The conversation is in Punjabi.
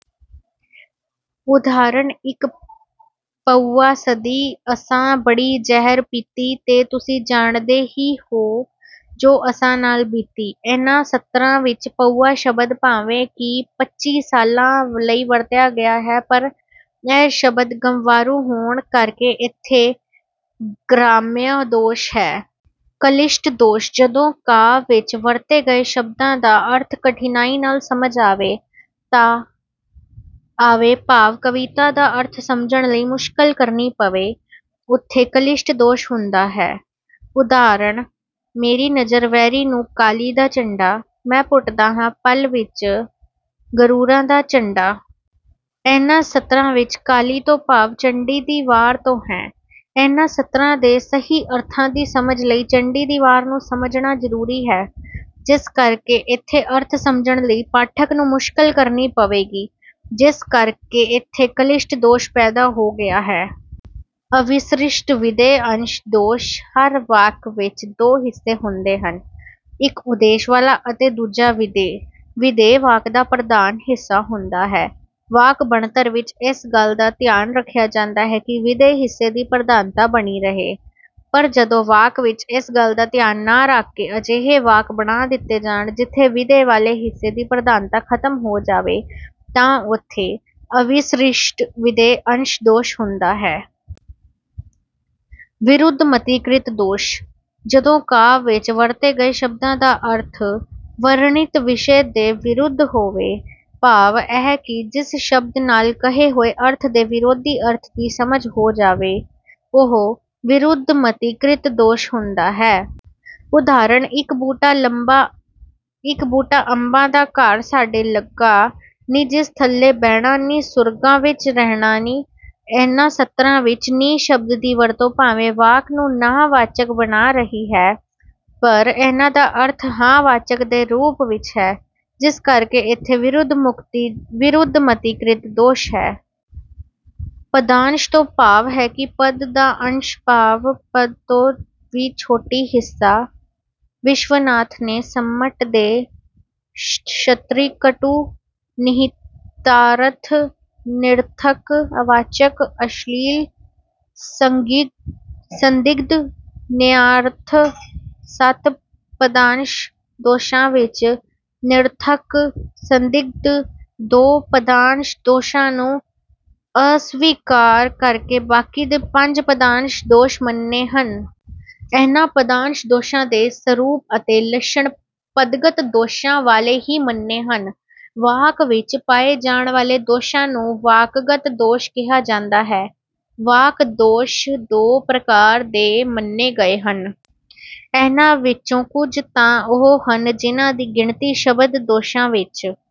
ਉਦਾਹਰਣ- ਇੱਕ ਪਊਆ ਸਦੀ ਅਸਾਂ ਬੜੀ ਜ਼ਹਿਰ ਪੀਤੀ, ਤੇ ਤੁਸੀਂ ਜਾਣਦੇ ਹੀ ਹੋ ਜੋ ਅਸਾਂ ਨਾਲ ਬੀਤੀ। ਇਨ੍ਹਾਂ ਸਤਰਾਂ ਵਿੱਚ 'ਪਊਆ' ਸ਼ਬਦ ਭਾਵੇਂ ਕਿ 'ਪੱਚੀ ਸਾਲਾਂ' ਲਈ ਵਰਤਿਆ ਗਿਆ ਹੈ ਪਰ ਇਹ ਸ਼ਬਦ ਗੰਵਾਰੂ ਹੋਣ ਕਰਕੇ ਇਥੇ ਗ੍ਰਾਮਯ ਦੋਸ਼ ਹੈ। ਕਲਿਸ਼ਟ ਦੋਸ਼: ਜਦੋਂ ਕਾਵਿ ਵਿੱਚ ਵਰਤੇ ਗਏ ਸ਼ਬਦਾਂ ਦਾ ਅਰਥ ਕਠਿਨਾਈ ਨਾਲ ਸਮਝ ਆਵੇ ਭਾਵ ਕਵਿਤਾ ਦਾ ਅਰਥ ਸਮਝਣ ਲਈ ਮੁਸ਼ਕਲ ਕਰਨੀ ਪਵੇ, ਉਥੇ ਕਲਿਸ਼ਟ ਦੋਸ਼ ਹੁੰਦਾ ਹੈ। ਉਦਾਹਰਣ- ਮੇਰੀ ਨਜ਼ਰ ਵੈਰੀ ਨੂੰ ਕਾਲੀ ਦਾ ਝੰਡਾ, ਮੈਂ ਪੁੱਟਦਾ ਹਾਂ ਪਲ ਵਿੱਚ ਗ਼ਰੂਰਾਂ ਦਾ ਝੰਡਾ। ਇਨ੍ਹਾਂ ਸਤਰਾਂ ਵਿੱਚ 'ਕਾਲੀ' ਤੋਂ ਭਾਵ 'ਚੰਡੀ ਦੀ ਵਾਰ' ਤੋਂ ਹੈ। ਇਨ੍ਹਾਂ ਸਤਰਾਂ ਦੇ ਸਹੀ ਅਰਥਾਂ ਦੀ ਸਮਝ ਲਈ ਚੰਡੀ ਦੀ ਵਾਰ ਨੂੰ ਸਮਝਣਾ ਜ਼ਰੂਰੀ ਹੈ ਜਿਸ ਕਰਕੇ ਇਥੇ ਅਰਥ ਸਮਝਣ ਲਈ ਪਾਠਕ ਨੂੰ ਮੁਸ਼ਕਲ ਕਰਨੀ ਪਵੇਗੀ, ਜਿਸ ਕਰਕੇ ਇਥੇ ਕਲਿਸ਼ਟ ਦੋਸ਼ ਪੈਦਾ ਹੋ ਗਿਆ ਹੈ। ਅਵਿਸ੍ਰਿਸ਼ਟਵਿਧੇਯ ਅੰਸ਼ ਦੋਸ਼: ਹਰ ਵਾਕ ਵਿੱਚ ਦੋ ਹਿੱਸੇ ਹੁੰਦੇ ਹਨ- ਇੱਕ ਉਦੇਸ਼ ਵਾਲਾ ਅਤੇ ਦੂਜਾ ਵਿਧੇਯ। ਵਿਧੇਯ ਵਾਕ ਦਾ ਪ੍ਰਧਾਨ ਹਿੱਸਾ ਹੁੰਦਾ ਹੈ। ਵਾਕ ਬਣਤਰ ਵਿੱਚ ਇਸ ਗੱਲ ਦਾ ਧਿਆਨ ਰੱਖਿਆ ਜਾਂਦਾ ਹੈ ਕਿ ਵਿਧੇਯ ਹਿੱਸੇ ਦੀ ਪ੍ਰਧਾਨਤਾ ਬਣੀ ਰਹੇ, ਪਰ ਜਦੋਂ ਵਾਕ ਵਿੱਚ ਇਸ ਗੱਲ ਦਾ ਧਿਆਨ ਨਾ ਰੱਖ ਕੇ ਅਜਿਹੇ ਵਾਕ ਬਣਾ ਦਿੱਤੇ ਜਾਣ ਜਿਥੇ ਵਿਧੇਯ ਵਾਲੇ ਹਿੱਸੇ ਦੀ ਪ੍ਰਧਾਨਤਾ ਖ਼ਤਮ ਹੋ ਜਾਵੇ ਤਾਂ ਉਥੇ ਅਵਿਸ੍ਰਿਸ਼ਟਵਿਧੇਯ ਅੰਸ਼ ਦੋਸ਼ ਹੁੰਦਾ ਹੈ। ਵਿਰੁੱਧਮਤੀਕ੍ਰਿਤ ਦੋਸ਼: ਜਦੋਂ ਕਾਵਿ ਵਿੱਚ ਵਰਤੇ ਗਏ ਸ਼ਬਦਾਂ ਦਾ ਅਰਥ ਵਰਣਿਤ ਵਿਸ਼ੇ ਦੇ ਵਿਰੁੱਧ ਹੋਵੇ ਭਾਵ ਇਹ ਕਿ ਜਿਸ ਸ਼ਬਦ ਨਾਲ ਕਹੇ ਹੋਏ ਅਰਥ ਦੇ ਵਿਰੋਧੀ ਅਰਥ ਦੀ ਸਮਝ ਹੋ ਜਾਵੇ ਉਹ ਵਿਰੁੱਧਮਤੀਕ੍ਰਿਤ ਦੋਸ਼ ਹੁੰਦਾ ਹੈ। ਉਦਾਹਰਣ- ਇਕ ਬੂਟਾ ਅੰਬਾ ਦਾ ਘਰ ਸਾਡੇ ਲਗਾ ਨੀ ਜਿਸ ਥਲੇ ਬਹਿਣਾ ਨੀ ਸੁਰਗਾ ਵਿੱਚ ਰਹਿਣਾ ਨੀ। ਇਨ੍ਹਾਂ ਸਤਰਾਂ ਵਿੱਚ 'ਨੀ' ਸ਼ਬਦ ਦੀ ਵਰਤੋਂ ਭਾਵੇਂ ਵਾਕ ਨੂੰ ਨਾਂਹ ਵਾਚਕ ਬਣਾ ਰਹੀ ਹੈ। ਪਰ ਇਨ੍ਹਾਂ ਦਾ ਅਰਥ ਹਾਂ-ਵਾਚਕ ਦੇ ਰੂਪ ਵਿੱਚ ਹੈ ਜਿਸ ਕਰਕੇ ਇਥੇ ਵਿਰੁੱਧਮਤੀਕ੍ਰਿਤ ਦੋਸ਼ ਹੈ। ਪਦਾਂਸ਼ ਤੋਂ ਭਾਵ ਹੈ ਪਦ ਦਾ ਅੰਸ਼ ਭਾਵ ਪਦ ਤੋਂ ਵੀ ਛੋਟਾ ਹਿੱਸਾ। ਵਿਸ਼ਵਨਾਥ ਨੇ ਮੰਮਟ ਦੇ ਸ਼੍ਰਤੀਕਟੁ, ਨਿਹਿਤਾਰਥ, ਨਿਰਰਥਕ, ਅਵਾਚਕ, ਅਸ਼ਲੀਲ, ਸੰਦਿਗਧ, ਨੇਯਾਰਥ- ਸੱਤ ਪਦਾਂਸ਼ ਦੋਸ਼ਾਂ ਵਿੱਚੋਂ ਨਿਰਰਥਕ, ਸੰਦਿਗਧ ਦੋ ਪਦਾਂਸ਼ ਦੋਸ਼ਾਂ ਨੂੰ ਅਸਵੀਕਾਰ ਕਰਕੇ ਬਾਕੀ ਦੇ ਪੰਜ 'ਪਦਾਂਸ਼ ਦੋਸ਼' ਮੰਨੇ ਹਨ। ਇਨ੍ਹਾਂ ਪਦਾਂਸ਼ ਦੋਸ਼ਾਂ ਦੇ ਸਰੂਪ ਅਤੇ ਲੱਛਣ ਪਦਗਤ ਦੋਸ਼ਾਂ ਵਾਲੇ ਹੀ ਮੰਨੇ ਹਨ। ਵਾਕ ਵਿੱਚ ਪਾਏ ਜਾਣ ਵਾਲੇ ਦੋਸ਼ ਨੂੰ ਵਾਕਗਤ ਦੋਸ਼ ਕਿਹਾ ਜਾਂਦਾ ਹੈ। ਵਾਕ ਦੋਸ਼ ਦੋ ਪ੍ਰਕਾਰ ਦੇ ਮੰਨੇ ਗਏ ਹਨ- ਇਨ੍ਹਾਂ ਵਿੱਚੋਂ ਕੁੱਝ ਤਾਂ ਉਹ ਹਨ ਜਿਨ੍ਹਾਂ ਦੀ ਗਿਣਤੀ ਸ਼ਬਦ ਦੋਸ਼ਾਂ ਵਿੱਚ